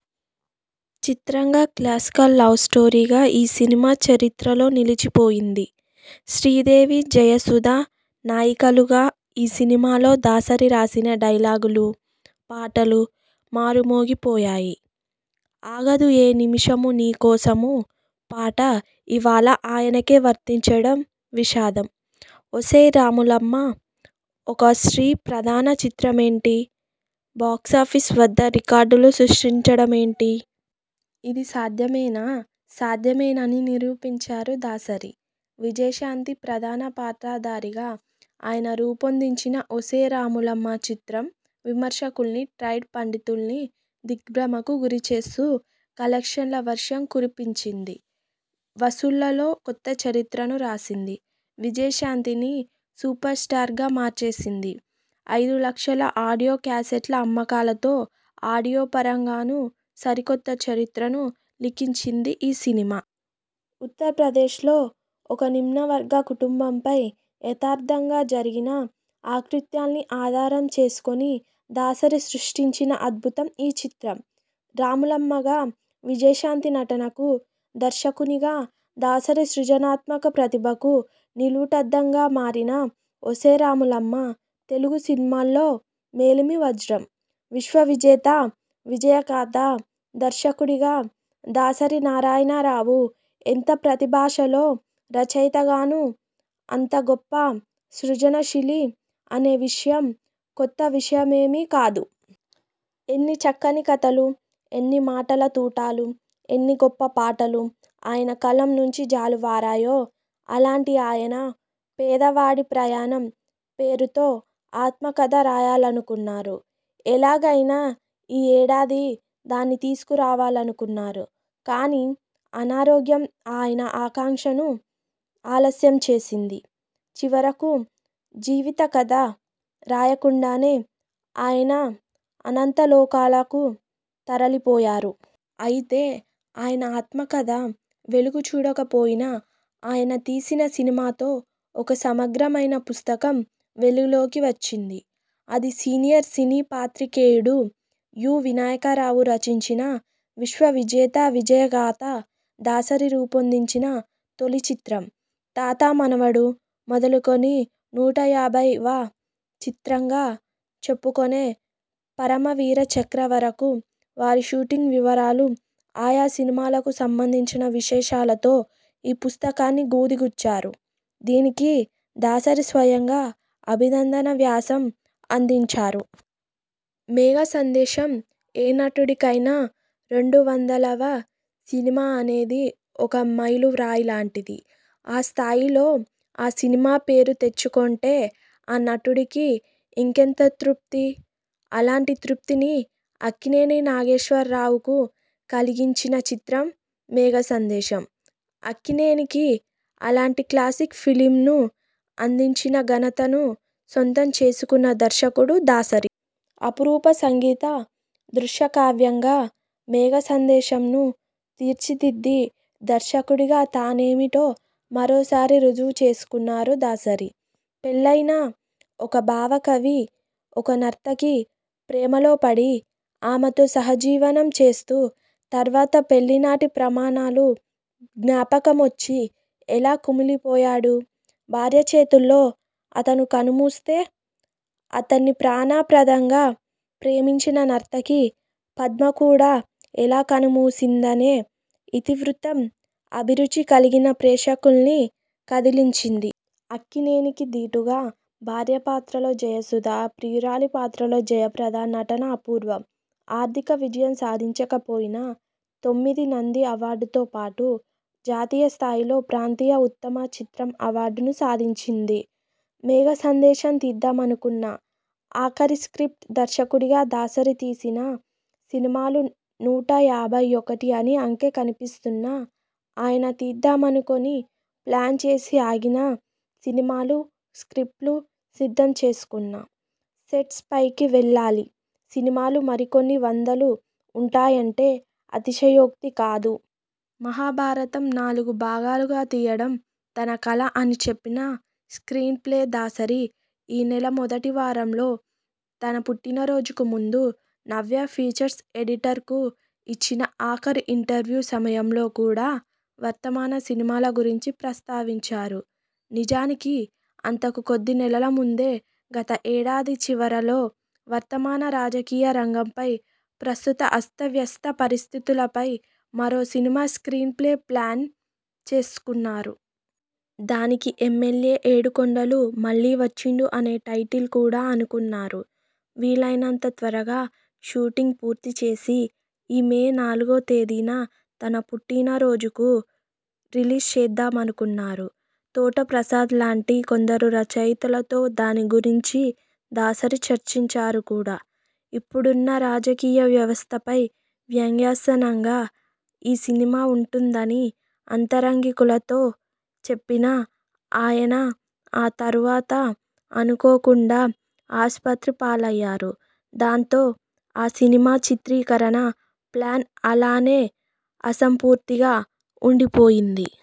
చిత్రంగా, క్లాసికల్ లవ్స్టోరీగా ఈ సినిమా చరిత్రలో నిలిచిపోయింది. శ్రీదేవి, జయసుధ నాయికలుగా ఈ సినిమాలో దాసరి రాసిన డైలాగులు, పాటలు మారుమోగి పోయాయి. 'ఆగదు ఏ నిమిషము నీ కోసమూ' పాట ఇవాళ ఆయనకే వర్తించడం విషాదం. ఒసేయ్ రాములమ్మా! ఒక స్త్రీ ప్రధాన చిత్రమేంటి బాక్సాఫీస్ వద్ద రికార్డులు సృష్టించడమేంటి? ఇది సాధ్యమేనా? సాధ్యమేనని నిరూపించారు దాసరి. విజయశాంతి ప్రధాన పాత్రధారిగా ఆయన రూపొందించిన 'ఒసేయ్ రాములమ్మా! ' చిత్రం విమర్శకుల్నీ, ట్రేడ్ పండితుల్నీ దిగ్భ్రమకు గురిచేస్తూ కలెక్షన్ల వర్షం కురిపించింది. వసూళ్లలో కొత్త చరిత్రను రాసింది. విజయశాంతిని సూపర్స్టార్గా మార్చేసింది. ఐదు లక్షల ఆడియో క్యాసెట్ల అమ్మకాలతో ఆడియోపరంగానూ సరికొత్త చరిత్రను లిఖించింది ఈ సినిమా. ఉత్తరప్రదేశ్ లో ఒక నిమ్నవర్గ కుటుంబంపై యథార్థంగా జరిగిన అకృత్యాల్ని ఆధారం చేసుకొని దాసరి సృష్టించిన అద్భుతం ఈ చిత్రం. రాములమ్మగా విజయశాంతి నటనకూ, దర్శకునిగా దాసరి సృజనాత్మక ప్రతిభకూ నిలువుటద్దంగా మారిన 'ఒసేయ్ రాములమ్మా! ' తెలుగు సినిమాల్లో మేలిమి వజ్రం. విశ్వవిజేత విజయగాథ దర్శకుడిగా దాసరి నారాయణరావు ఎంత ప్రతిభాశాలో, రచయితగానూ అంత గొప్ప సృజనశీలి అనే విషయం కొత్త విషయమేమీ కాదు. ఎన్ని చక్కని కథలు, ఎన్ని మాటల తూటాలు, ఎన్ని గొప్ప పాటలు ఆయన కలం నుంచి జాలువారాయో! అలాంటి ఆయన 'పేదవాడి ప్రయాణం' పేరుతో ఆత్మకథ రాయాలనుకున్నారు. ఎలాగైనా ఈ ఏడాది దాన్ని తీసుకు రావాలనుకున్నారు. కానీ అనారోగ్యం ఆయన ఆకాంక్షను ఆలస్యం చేసింది. చివరకు జీవిత కథ రాయకుండానే ఆయన అనంత లోకాలకు తరలిపోయారు. అయితే ఆయన ఆత్మకథ వెలుగు చూడకపోయినా, ఆయన తీసిన సినిమాతో ఒక సమగ్రమైన పుస్తకం వెలుగులోకి వచ్చింది. అది సీనియర్ సినీ పాత్రికేయుడు యు. వినాయకరావు రచించిన 'విశ్వవిజేత విజయగాథ'. దాసరి రూపొందించిన తొలి చిత్రం 'తాత మనవడు' మొదలుకొని, నూట యాభైవ చిత్రంగా చెప్పుకొనే 'పరమవీరచక్ర' వరకూ, వాటి షూటింగ్ వివరాలు, ఆయా సినిమాలకు సంబంధించిన విశేషాలతో ఈ పుస్తకాన్ని గుదిగుచ్చారు దీనికి దాసరి స్వయంగా అభినందన వ్యాసం అందించారు. మేఘసందేశం ఏ నటుడికైనా రెండు వందలవ సినిమా అనేది ఒక మైలురాయి లాంటిది ఆ స్థాయిలో ఆ సినిమా పేరు తెచ్చుకొంటే ఆ నటుడికి ఇంకెంత తృప్తి. అలాంటి తృప్తిని అక్కినేని నాగేశ్వరరావుకు కలిగించిన చిత్రం 'మేఘసందేశం'. అక్కినేనికి అలాంటి క్లాసిక్ ఫిల్మ్ను అందించిన ఘనతను సొంతం చేసుకున్న దర్శకుడు దాసరి. అపురూప సంగీత దృశ్యకావ్యంగా 'మేఘసందేశం'ను తీర్చిదిద్ది దర్శకుడిగా తనేమిటో మరోసారి రుజువు చేసుకున్నారు దాసరి. పెళ్లయిన ఒక భావకవి ఒక నర్తకి ప్రేమలో పడి, ఆమెతో సహజీవనం చేస్తూ, తర్వాత పెళ్లినాటి ప్రమాణాలు జ్ఞాపకమొచ్చి ఎలా కుమిలిపోయాడు, భార్య చేతుల్లో అతను కనుమూస్తే, అతడ్ని ప్రాణప్రదంగా ప్రేమించిన నర్తకి పద్మ కూడా ఎలా కనుమూసిందనే ఇతివృత్తం అభిరుచి కలిగిన ప్రేక్షకుల్ని కదిలించింది. అక్కినేనికి దీటుగా భార్య పాత్రలో జయసుధ, ప్రియురాలి పాత్రలో జయప్రద నటన అపూర్వం. ఆర్థిక విజయం సాధించకపోయినా, తొమ్మిది నంది అవార్డులతో పాటు జాతీయ స్థాయిలో ప్రాంతీయ ఉత్తమ చిత్రం అవార్డును సాధించింది 'మేఘసందేశం'. తీద్దామనుకున్న ఆఖరి స్క్రిప్ట్ దర్శకుడిగా దాసరి తీసిన సినిమాలు నూటయాభై ఒకటి అని అంకె కనిపిస్తున్నాఆయన తీద్దామనుకొని, ప్లాన్ చేసి ఆగిన సినిమాలు, స్క్రిప్ట్లు సిద్ధం చేసుకున్నా సెట్స్ పైకి వెళ్ళాలి సినిమాలు మరికొన్ని వందలు ఉంటాయంటే అతిశయోక్తి కాదు. మహాభారతం నాలుగు భాగాలుగా తీయడం తన కల అని చెప్పిన స్క్రీన్ ప్లే దాసరి ఈ నెల మొదటి వారంలో తన పుట్టినరోజుకు ముందు నవ్య ఫీచర్స్ ఎడిటర్ కు ఇచ్చిన ఆఖరి ఇంటర్వ్యూ సమయంలో కూడా వర్తమాన సినిమాల గురించి ప్రస్తావించారు. నిజానికి, అంతకు కొద్ది నెలల ముందే గత ఏడాది చివరలో వర్తమాన రాజకీయ రంగంపై, ప్రస్తుత అస్తవ్యస్త పరిస్థితులపై మరో సినిమా స్క్రీన్ ప్లే ప్లాన్ చేసుకున్నారు. దానికి ఎమ్మెల్యే ఏడుకొండలు మళ్ళీ వచ్చిండు అనే టైటిల్ కూడా అనుకున్నారు. వీలైనంత త్వరగా షూటింగ్ పూర్తి చేసి, ఈ మే నాలుగో తేదీన తన పుట్టినరోజుకు రిలీజ్ చేద్దామనుకున్నారు. తోట ప్రసాద్ లాంటి కొందరు రచయితలతో దాని గురించి దాసరి చర్చించారు కూడా. ఇప్పుడున్న రాజకీయ వ్యవస్థపై వ్యంగ్యాసనంగా ఈ సినిమా ఉంటుందని ఆంతరంగికులతో చెప్పిన ఆయన ఆ తరువాత అనుకోకుండా ఆసుపత్రి పాలయ్యారు. దాంతో, ఆ సినిమా చిత్రీకరణ ప్లాన్ అలానే అసంపూర్తిగా ఉండిపోయింది.